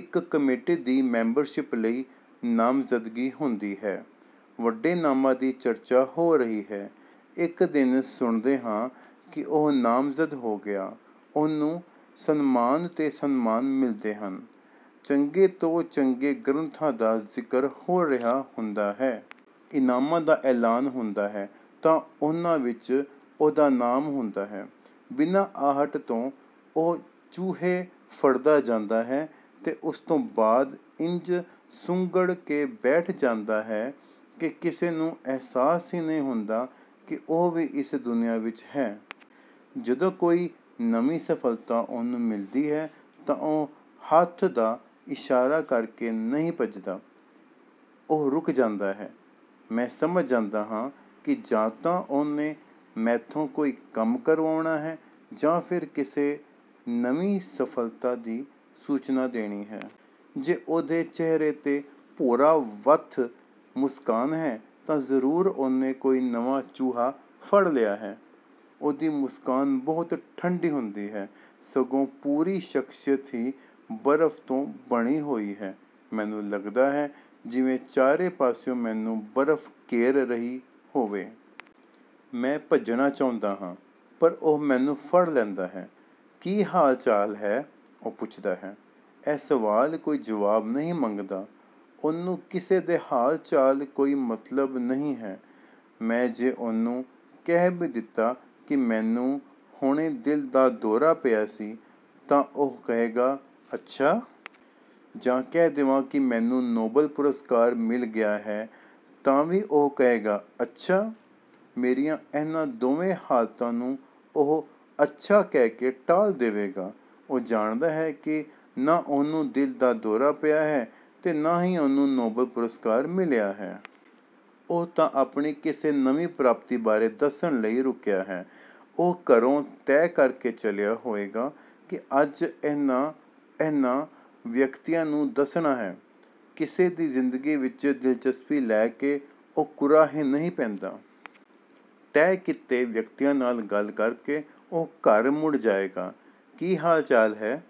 ਇੱਕ ਕਮੇਟੀ ਦੀ ਮੈਂਬਰਸ਼ਿਪ ਲਈ ਨਾਮਜ਼ਦਗੀ ਹੁੰਦੀ ਹੈ। ਵੱਡੇ ਨਾਮਾਂ ਦੀ ਚਰਚਾ ਹੋ ਰਹੀ ਹੈ। ਇੱਕ ਦਿਨ ਸੁਣਦੇ ਹਾਂ ਕਿ ਉਹ ਨਾਮਜ਼ਦ ਹੋ ਗਿਆ। ਉਹਨੂੰ ਸਨਮਾਨ 'ਤੇ ਸਨਮਾਨ ਮਿਲਦੇ ਹਨ। ਚੰਗੇ ਤੋਂ ਚੰਗੇ ਗ੍ਰੰਥਾਂ ਦਾ ਜ਼ਿਕਰ ਹੋ ਰਿਹਾ ਹੁੰਦਾ ਹੈ। ਇਨਾਮਾਂ ਦਾ ਐਲਾਨ ਹੁੰਦਾ ਹੈ ਤਾਂ ਉਹਨਾਂ ਵਿੱਚ ਉਹਦਾ ਨਾਮ ਹੁੰਦਾ ਹੈ। ਬਿਨਾਂ ਆਹਟ ਤੋਂ ਉਹ ਚੂਹੇ ਫੜਦਾ ਜਾਂਦਾ ਹੈ ਤੇ ਉਸਤੋਂ ਬਾਅਦ ਇੰਝ ਸੁੰਗੜ ਕੇ ਬੈਠ ਜਾਂਦਾ ਹੈ ਕਿ ਕਿਸੇ ਨੂੰ ਅਹਿਸਾਸ ਹੀ ਨਹੀਂ ਹੁੰਦਾ ਕਿ ਉਹ ਵੀ ਇਸ ਦੁਨੀਆਂ ਵਿੱਚ ਹੈ। ਜਦੋਂ ਕੋਈ ਨਵੀਂ ਸਫਲਤਾ ਉਹਨੂੰ ਮਿਲਦੀ ਹੈ ਤਾਂ ਉਹ ਹੱਥ ਦਾ ਇਸ਼ਾਰਾ ਕਰਕੇ ਨਹੀਂ ਭੱਜਦਾ। ਉਹ ਰੁਕ ਜਾਂਦਾ ਹੈ। ਮੈਂ ਸਮਝ ਜਾਂਦਾ ਹਾਂ ਕਿ ਜਾਂ ਤਾਂ ਉਹਨੇ ਮੈਥੋਂ ਕੋਈ ਕੰਮ ਕਰਵਾਉਣਾ ਹੈ ਜਾਂ ਫਿਰ ਕਿਸੇ ਨਵੀਂ ਸਫਲਤਾ ਦੀ ਸੂਚਨਾ ਦੇਣੀ ਹੈ। ਜੇ ਉਹਦੇ ਚਿਹਰੇ 'ਤੇ ਭੋਰਾ ਵੱਧ ਮੁਸਕਾਨ ਹੈ ਤਾਂ ਜ਼ਰੂਰ ਉਹਨੇ ਕੋਈ ਨਵਾਂ ਚੂਹਾ ਫੜ ਲਿਆ ਹੈ। ਉਹਦੀ ਮੁਸਕਾਨ ਬਹੁਤ ਠੰਢੀ ਹੁੰਦੀ ਹੈ। ਸਗੋਂ ਪੂਰੀ ਸ਼ਖਸੀਅਤ ਹੀ ਬਰਫ ਤੋਂ ਬਣੀ ਹੋਈ ਹੈ। ਮੈਨੂੰ ਲੱਗਦਾ ਹੈ ਜਿਵੇਂ ਚਾਰੇ ਪਾਸਿਓਂ ਮੈਨੂੰ ਬਰਫ ਘੇਰ ਰਹੀ ਹੋਵੇ। ਮੈਂ ਭੱਜਣਾ ਚਾਹੁੰਦਾ ਹਾਂ, ਪਰ ਉਹ ਮੈਨੂੰ ਫੜ ਲੈਂਦਾ ਹੈ। "ਕੀ ਹਾਲ-ਚਾਲ ਹੈ?" ਉਹ ਪੁੱਛਦਾ ਹੈ। ਇਹ ਸਵਾਲ ਕੋਈ ਜਵਾਬ ਨਹੀਂ ਮੰਗਦਾ। ਉਹਨੂੰ ਕਿਸੇ ਦੇ ਹਾਲ ਨਾਲ ਕੋਈ ਮਤਲਬ ਨਹੀਂ ਹੈ। ਮੈਂ ਜੇ ਉਹਨੂੰ ਕਹਿ ਵੀ ਦਿਆਂ ਕਿ ਮੈਨੂੰ ਹੁਣੇ ਦਿਲ ਦਾ ਦੌਰਾ ਪਿਆ ਸੀ, ਤਾਂ ਉਹ ਕਹੇਗਾ, "ਅੱਛਾ।" ਜਾਂ ਕਹਿ ਦੇਵਾਂ ਕਿ ਮੈਨੂੰ ਨੋਬਲ ਪੁਰਸਕਾਰ ਮਿਲ ਗਿਆ ਹੈ ਤਾਂ ਵੀ ਉਹ ਕਹੇਗਾ, "ਅੱਛਾ।" ਮੇਰੀਆਂ ਇਹਨਾਂ ਦੋਵੇਂ ਹਾਲਤਾਂ ਨੂੰ ਉਹ 'ਅੱਛਾ' ਕਹਿ ਕੇ ਟਾਲ ਦੇਵੇਗਾ। ਉਹ ਜਾਣਦਾ ਹੈ ਕਿ ਨਾ ਉਹਨੂੰ ਦਿਲ ਦਾ ਦੌਰਾ ਪਿਆ ਹੈ ਤੇ ਨਾ ਹੀ ਉਹਨੂੰ ਨੋਬਲ ਪੁਰਸਕਾਰ ਮਿਲਿਆ ਹੈ। ਉਹ ਤਾਂ ਆਪਣੀ ਕਿਸੇ ਨਵੀਂ ਪ੍ਰਾਪਤੀ ਬਾਰੇ ਦੱਸਣ ਲਈ ਰੁਕਿਆ ਹੈ। ਉਹ ਘਰੋਂ ਤੈਅ ਕਰਕੇ ਚੱਲਿਆ ਹੋਵੇਗਾ ਕਿ ਅੱਜ ਇਹਨਾਂ-ਇਹਨਾਂ ਵਿਅਕਤੀਆਂ ਨੂੰ ਦੱਸਣਾ ਹੈ। ਕਿਸੇ ਦੀ ਜ਼ਿੰਦਗੀ ਵਿੱਚ ਦਿਲਚਸਪੀ ਲੈ ਕੇ ਉਹ ਕੁਰਾਹੇ ਨਹੀਂ ਪੈਂਦਾ। ਤੈਅ ਕੀਤੇ ਵਿਅਕਤੀਆਂ ਨਾਲ ਗੱਲ ਕਰਕੇ ਉਹ ਘਰ ਮੁੜ ਜਾਵੇਗਾ। "ਕੀ ਹਾਲ-ਚਾਲ ਹੈ?"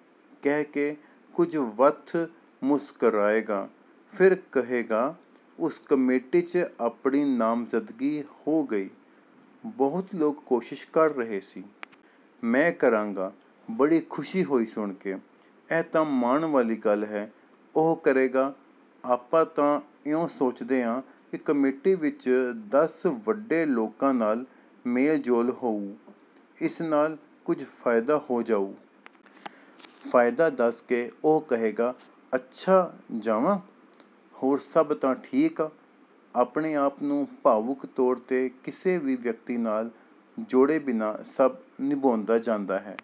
ਕਹਿ ਕੇ ਕੁਝ ਵੱਧ ਮੁਸਕਰਾਏਗਾ। ਫਿਰ ਕਹੇਗਾ, "ਉਸ ਕਮੇਟੀ 'ਚ ਆਪਣੀ ਨਾਮਜ਼ਦਗੀ ਹੋ ਗਈ। ਬਹੁਤ ਲੋਕ ਕੋਸ਼ਿਸ਼ ਕਰ ਰਹੇ ਸੀ।" ਮੈਂ ਕਹਾਂਗਾ, "ਬੜੀ ਖੁਸ਼ੀ ਹੋਈ ਸੁਣ ਕੇ। ਇਹ ਤਾਂ ਮਾਣ ਵਾਲੀ ਗੱਲ ਹੈ।" ਉਹ ਕਹੇਗਾ, "ਆਪਾਂ ਤਾਂ ਇਉਂ ਸੋਚਦੇ ਆਂ ਕਿ ਕਮੇਟੀ ਵਿੱਚ ਦਸ ਵੱਡੇ ਲੋਕਾਂ ਨਾਲ ਮੇਲ-ਜੋਲ ਹੋਊ। ਇਸ ਨਾਲ ਕੁਝ ਫਾਇਦਾ ਹੋ ਜਾਊ।" ਫਾਇਦਾ ਦੱਸ ਕੇ ਉਹ ਕਹੇਗਾ, "ਅੱਛਾ ਜਾਵਾਂ? ਹੋਰ ਸਭ ਤਾਂ ਠੀਕ ਆ?" ਆਪਣੇ ਆਪ ਨੂੰ ਭਾਵੁਕ ਤੌਰ 'ਤੇ ਕਿਸੇ ਵੀ ਵਿਅਕਤੀ ਨਾਲ ਜੋੜੇ ਬਿਨਾਂ ਸਭ ਨਿਭਾਉਂਦਾ ਜਾਂਦਾ ਹੈ।